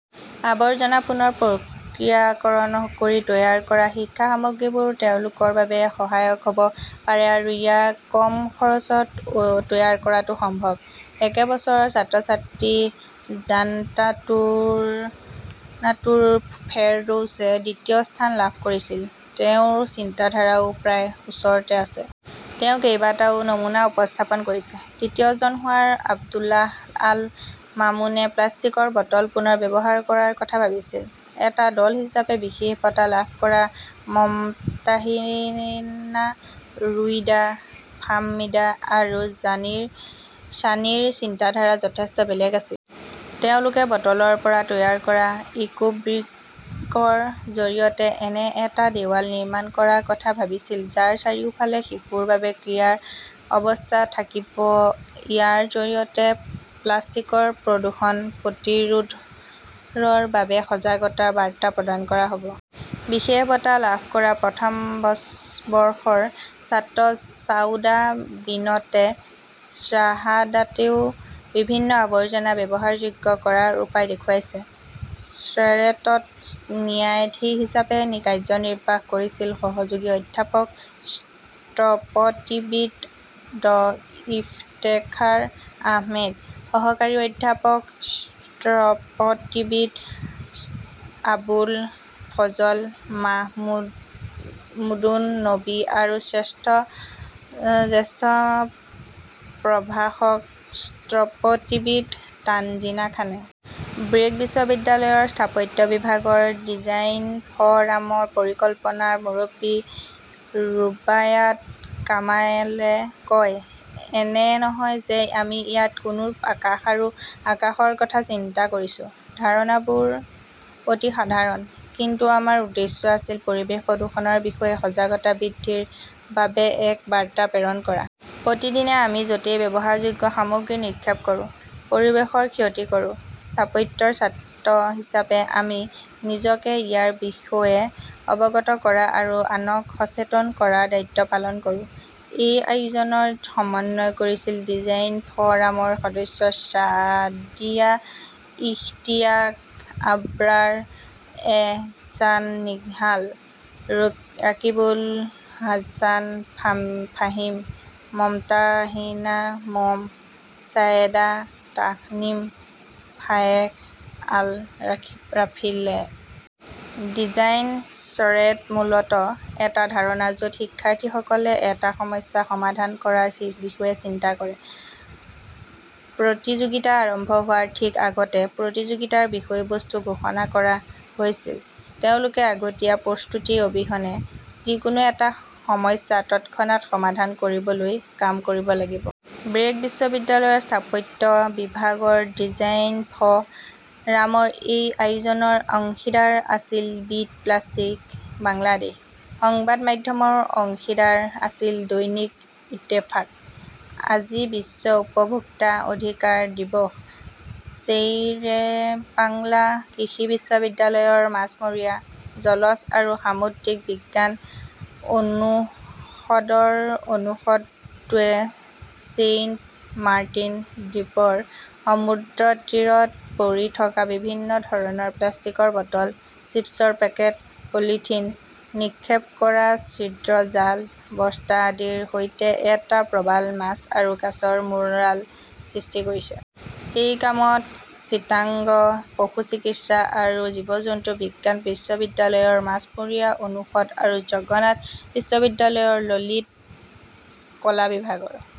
আৱৰ্জনা পুনৰ প্ৰক্ৰিয়াকৰণ কৰি তৈয়াৰ কৰা শিক্ষা সামগ্ৰীবোৰ তেওঁলোকৰ বাবে সহায়ক হ 'ব পাৰে আৰু ইয়াক কম খৰচত তৈয়াৰ কৰাটো সম্ভৱ। একে বছৰৰ ছাত্ৰ-ছাত্ৰী জাননাতুল ফেৰদৌছে দ্বিতীয় স্থান লাভ কৰিছিল। তেওঁৰ চিন্তাধাৰাও প্ৰায় ওচৰতে আছে। তেওঁ কেইবাটাও নমুনা উপস্থাপন কৰিছে। তৃতীয়জন হোৱা আব্দুল্লাহ আল মামুনে প্লাষ্টিকৰ বটল পুনৰ ব্যৱহাৰ কৰাৰ কথা ভাবিছিল। এটা দল হিচাপে বিশেষ বঁটা লাভ কৰা মমতাহিনা, ৰুইদা, ফাহমিদা আৰু ছানীৰ চিন্তাধাৰা যথেষ্ট বেলেগ আছিল। তেওঁলোকে বটলৰ পৰা তৈয়াৰ কৰা ইকো-ব্ৰিকৰ জৰিয়তে এনে এটা দেৱাল নিৰ্মাণ কৰাৰ কথা ভাবিছিল যাৰ চাৰিওফালে শিশুৰ বাবে ক্ৰীড়াৰ ব্যৱস্থা থাকিব। ইয়াৰ জৰিয়তে প্লাষ্টিকৰ প্ৰদূষণ প্ৰতিৰোধৰ বাবে সজাগতাৰ বাৰ্তা প্ৰদান কৰা হ "ব। বিশেষ বঁটা লাভ কৰা প্ৰথম বৰ্ষৰ ছাত্ৰ ছাউদা বিনতে শ্বাহাদাতেও বিভিন্ন আৱৰ্জনা ব্যৱহাৰযোগ্য কৰাৰ উপায় দেখুৱাইছে। শ্বেৰেটত ন্যায়াধীশ হিচাপে কাৰ্যনিৰ্বাহ কৰিছিল সহযোগী অধ্যাপক স্থপতিবিদ ড ইফতেখাৰ আহমেদ, সহকাৰী অধ্যাপক স্থপতিবিদ আবুল ফজল মাহমুদুন নবী আৰু জ্যেষ্ঠ প্ৰভাষক স্থপতিবিদ তানজিনা খানে। ব্ৰেক বিশ্ববিদ্যালয়ৰ স্থাপত্য বিভাগৰ ডিজাইন ফ "ৰামৰ পৰিকল্পনাৰ মুৰব্বী ৰুবায়াত কামালে কয়," এনে নহয় যে আমি ইয়াত কোনো আকাশ আৰু আকাশৰ কথা চিন্তা কৰিছো। " ধাৰণাবোৰ অতি সাধাৰণ। কিন্তু আমাৰ উদ্দেশ্য আছিল পৰিৱেশ প্ৰদূষণৰ বিষয়ে সজাগতা বৃদ্ধিৰ বাবে এক বাৰ্তা প্ৰেৰণ কৰা। প্ৰতিদিনে আমি য 'তেই ব্যৱহাৰযোগ্য সামগ্ৰী নিক্ষেপ কৰোঁ, পৰিৱেশৰ ক্ষতি কৰোঁ। স্থাপত্যৰ ছাত্ৰ হিচাপে আমি নিজকে ইয়াৰ বিষয়ে অৱগত কৰা আৰু আনক সচেতন কৰাৰ দায়িত্ব পালন কৰোঁ। "এই আয়োজনৰ সমন্বয় কৰিছিল ডিজাইন ফ" ৰামৰ সদস্য ছাদিয়া ইশতিয়াক, আব্ৰাৰ এহছান নিহাল, ৰাকিবুল হাছান ফাহিম, মমতাহিনা মম, ছায়েদা তাসনিম, ফায়েখ আল ৰাফিয়ে। ডিজাইন শ্বেৰেট মূলতঃ এটা ধাৰণা য 'ত শিক্ষাৰ্থীসকলে এটা সমস্যা সমাধান কৰাৰ বিষয়ে চিন্তা কৰে। প্ৰতিযোগিতা আৰম্ভ হোৱাৰ ঠিক আগতে প্ৰতিযোগিতাৰ বিষয়বস্তু ঘোষণা কৰা হৈছিল। তেওঁলোকে আগতীয়া প্ৰস্তুতি অবিহনে যিকোনো এটা সমস্যা তৎক্ষণাত সমাধান কৰিবলৈ কাম কৰিব লাগিব। ব্ৰেক বিশ্ববিদ্যালয়ৰ স্থাপত্য বিভাগৰ ডিজাইন ফ "ৰামৰ এই আয়োজনৰ অংশীদাৰ আছিল বিট প্লাষ্টিক বাংলাদেশ। সংবাদ মাধ্যমৰ অংশীদাৰ আছিল দৈনিক ইত্তেফাক। আজি বিশ্ব উপভোক্তা অধিকাৰ দিৱস ছেইৰেবাংলা কৃষি বিশ্ববিদ্যালয়ৰ মাছমৰীয়া, জলজ আৰু সামুদ্ৰিক বিজ্ঞান অনুষদৰ অনুষদটোৱে ছেইণ্ট মাৰ্টিন দ্বীপৰ সমুদ্ৰতীৰত পৰি থকা বিভিন্ন ধৰণৰ প্লাষ্টিকৰ বটল, চিপছৰ পেকেট, পলিথিন, নিক্ষেপ কৰা ছিদ্ৰ জাল, বস্তা আদিৰ সৈতে এটা প্ৰবাল মাছ আৰু কাছৰ মূৰাল সৃষ্টি কৰিছে। এই কামত চিটাগং পশুচিকিৎসা আৰু জীৱ-জন্তু বিজ্ঞান বিশ্ববিদ্যালয়ৰ মাছমৰীয়া অনুষদ আৰু জগন্নাথ বিশ্ববিদ্যালয়ৰ ললিত কলা বিভাগৰ